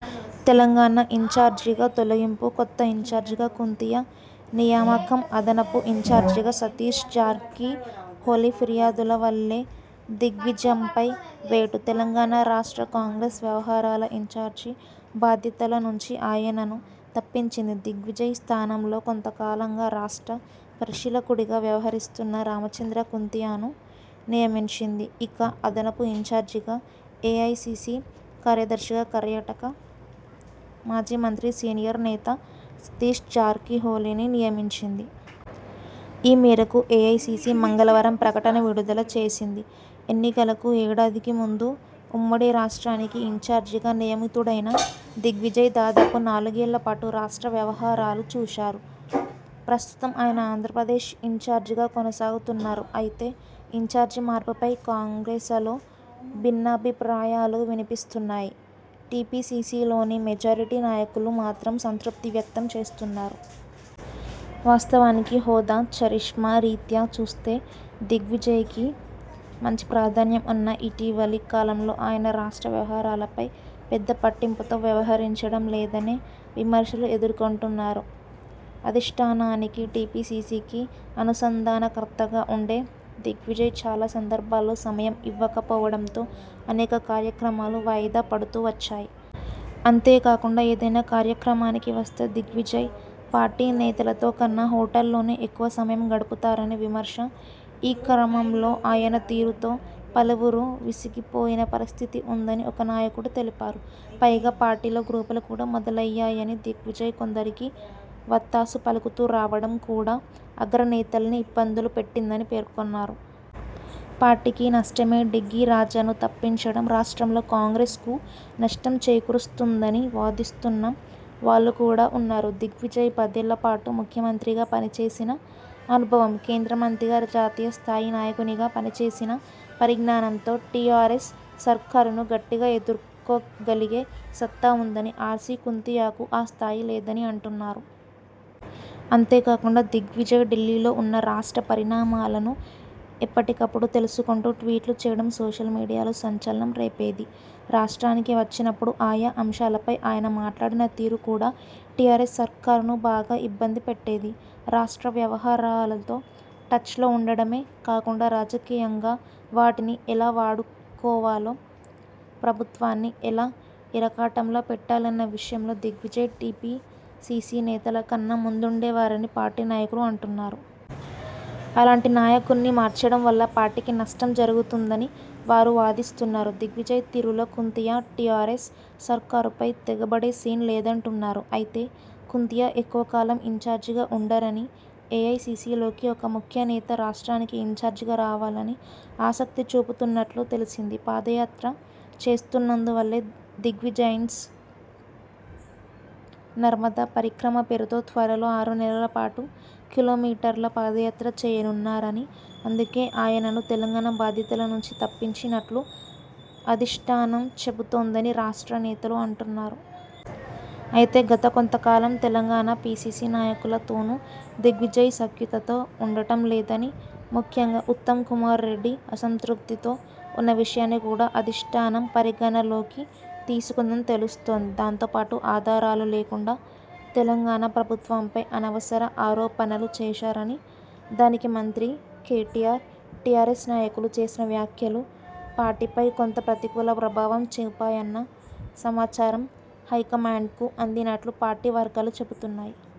తెలంగాణ ఇన్చార్జిగా తొలగింపుకొత్త ఇన్చార్జిగా కుంతియా నియామకంఅదనపు ఇన్చార్జిగా సతీష్ జార్కిహొళిఫిర్యాదుల వల్లే దిగ్విజయ్పై వేటు! తెలంగాణ రాష్ట్ర కాంగ్రెస్ వ్యవహారాల ఇన్చార్జి బాధ్యతల నుంచి ఆయనను తప్పించింది. దిగ్విజయ్ స్థానంలో కొంత కాలంగా రాష్ట్ర పరిశీలకుడిగా వ్యవహరిస్తున్న రామచంద్ర కుంతియాను నియమించింది. ఇక అదనపు ఇన్చార్జిగా, ఏఐసీసీ కార్యదర్శిగా కర్యాటక మాజీ మంత్రి, సీనియర్ నేత సతీశ్ జార్కిహొళిని నియమించింది. ఈ మేరకు ఏఐసీసీ మంగళవారం ప్రకటన విడుదల చేసింది. ఎన్నికలకు ఏడాదికి ముందు ఉమ్మడి రాష్ట్రానికి ఇన్చార్జిగా నియమితుడైన దిగ్విజయ్ దాదాపు నాలుగేళ్లపాటు రాష్ట్ర వ్యవహారాలు చూశారు. ప్రస్తుతం ఆయన ఆంధ్రప్రదేశ్ ఇన్చార్జిగా కొనసాగుతున్నారు. అయితే ఇన్చార్జి మార్పుపై కాంగ్రెసలో భిన్నాభిప్రాయాలు వినిపిస్తున్నాయి. టీపీసీసీలోని మెజారిటీ నాయకులు మాత్రం సంతృప్తి వ్యక్తం చేస్తున్నారు. వాస్తవానికి హోదా, ఛరిష్మా రీత్యా చూస్తే దిగ్విజయ్కి మంచి ప్రాధాన్యం ఉన్నా ఇటీవలి కాలంలో ఆయన రాష్ట్ర వ్యవహారాలపై పెద్ద పట్టింపుతో వ్యవహరించడం లేదనే విమర్శలు ఎదుర్కొంటున్నారు. అధిష్ఠానానికి టీపీసీసీకి అనుసంధానకర్తగా ఉండే దిగ్విజయ్ చాలా సందర్భాల్లో సమయం ఇవ్వక పోవడంతో అనేక కార్యక్రమాలు వాయిదా పడుతూ వచ్చాయి. అంతేకాకుండా ఏదైనా కార్యక్రమానికి వస్తే దిగ్విజయ్ పార్టీ నేతలతో కన్నా హోటల్లోనే ఎక్కువ సమయం గడుపుతారనే విమర్శ ఈ క్రమంలో ఆయన తీరుతో పలువురు విసిగిపోయిన పరిస్థితి ఉందని ఒక నాయకుడు తెలిపారు. పైగా పార్టీలో గ్రూపులు కూడా మొదలయ్యాయని, దిగ్విజయ్ కొందరికి వత్తాసు పలుకుతూ రావడం కూడా అగ్రనేతల్ని ఇబ్బందులు పెట్టిందని పేర్కొన్నారు. పార్టీకి నష్టమే డిగ్గీ రాజాను తప్పించడం రాష్ట్రంలో కాంగ్రెస్ కు నష్టం చేకూరుస్తుందని వాదిస్తున్న వాళ్లు కూడా ఉన్నారు. దిగ్విజయ్ పదేళ్ల పాటు ముఖ్యమంత్రిగా పనిచేసిన అనుభవం, కేంద్రమంత్రిగా, జాతీయ స్థాయి నాయకునిగా పనిచేసిన పరిజ్ఞానంతో టీఆర్ఎస్ సర్కారును గట్టిగా ఎదుర్కోగలిగే సత్తా ఉందని, ఆర్సీ కుంతియాకు ఆ స్థాయి లేదని అంటున్నారు. అంతేకాకుండా దిగ్విజయ్ ఢిల్లీలో ఉన్నా రాష్ట్ర పరిణామాలను ఎప్పటికప్పుడు తెలుసుకుంటూ ట్వీట్లు చేయడం సోషల్ మీడియాలో సంచలనం రేపేది. రాష్ట్రానికి వచ్చినప్పుడు ఆయా అంశాలపై ఆయన మాట్లాడిన తీరు కూడా టీఆర్ఎస్ సర్కారును బాగా ఇబ్బంది పెట్టేది. రాష్ట్ర వ్యవహారాలతో టచ్లో ఉండడమే కాకుండా రాజకీయంగా వాటిని ఎలా వాడుకోవాలో, ప్రభుత్వాన్ని ఎలా ఇరకాటంలో పెట్టాలన్న విషయంలో దిగ్విజయ్ టీపీసీసీ నేతలకన్నా ముందుండే వారని పార్టీ నాయకులు అంటున్నారు. అలాంటి నాయకున్ని మార్చడం వల్ల పార్టీకి నష్టం జరుగుతుందని వారు వాదిస్తున్నారు. దిగ్విజయ్ తీరులో కుంతియా టీఆర్ఎస్ సర్కారుపై తెగబడే సీన్ లేదంటున్నారు. అయితే కుంతియా ఎక్కువ కాలం ఇన్చార్జిగా ఉండరని, ఏఐసీసీలోకి ఒక ముఖ్యనేత రాష్ట్రానికి ఇన్చార్జిగా రావాలని ఆసక్తి చూపుతున్నట్లు తెలిసింది. పాదయాత్ర చేస్తున్నందువల్లే దిగ్విజయ్సింగ్ నర్మదా పరిక్రమ పేరుతో త్వరలో ఆరు నెలల పాటు కిలోమీటర్ల పాదయాత్ర చేయనున్నారని, అందుకే ఆయనను తెలంగాణ బాధ్యతల నుంచి తప్పించి నట్లు అధిష్ఠానం చెబుతోందని రాష్ట్ర నేతలు అంటున్నారు. అయితే గత కొంత కాలం తెలంగాణ పీసీసీ నాయకుల తోనూ దిగ్విజయ్ సఖ్యతతో ఉండటంలేదని, ముఖ్యంగా ఉత్తమ్ కుమార్ రెడ్డి అసంతృప్తితో ఉన్న విషయాన్ని కూడా అధిష్ఠానం పరిగణనలోకి తీసుకుందని తెలుస్తోంది. దాంతోపాటు ఆధారాలు లేకుండా తెలంగాణ ప్రభుత్వంపై అనవసర ఆరోపణలు చేశారని, దానికి మంత్రి కేటీఆర్, టీఆర్ఎస్ నాయకులు చేసిన వ్యాఖ్యలు పార్టీపై కొంత ప్రతికూల ప్రభావం చూపాయన్న సమాచారం హైకమాండ్కు అందినట్లు పార్టీ వర్గాలు చెబుతున్నాయి.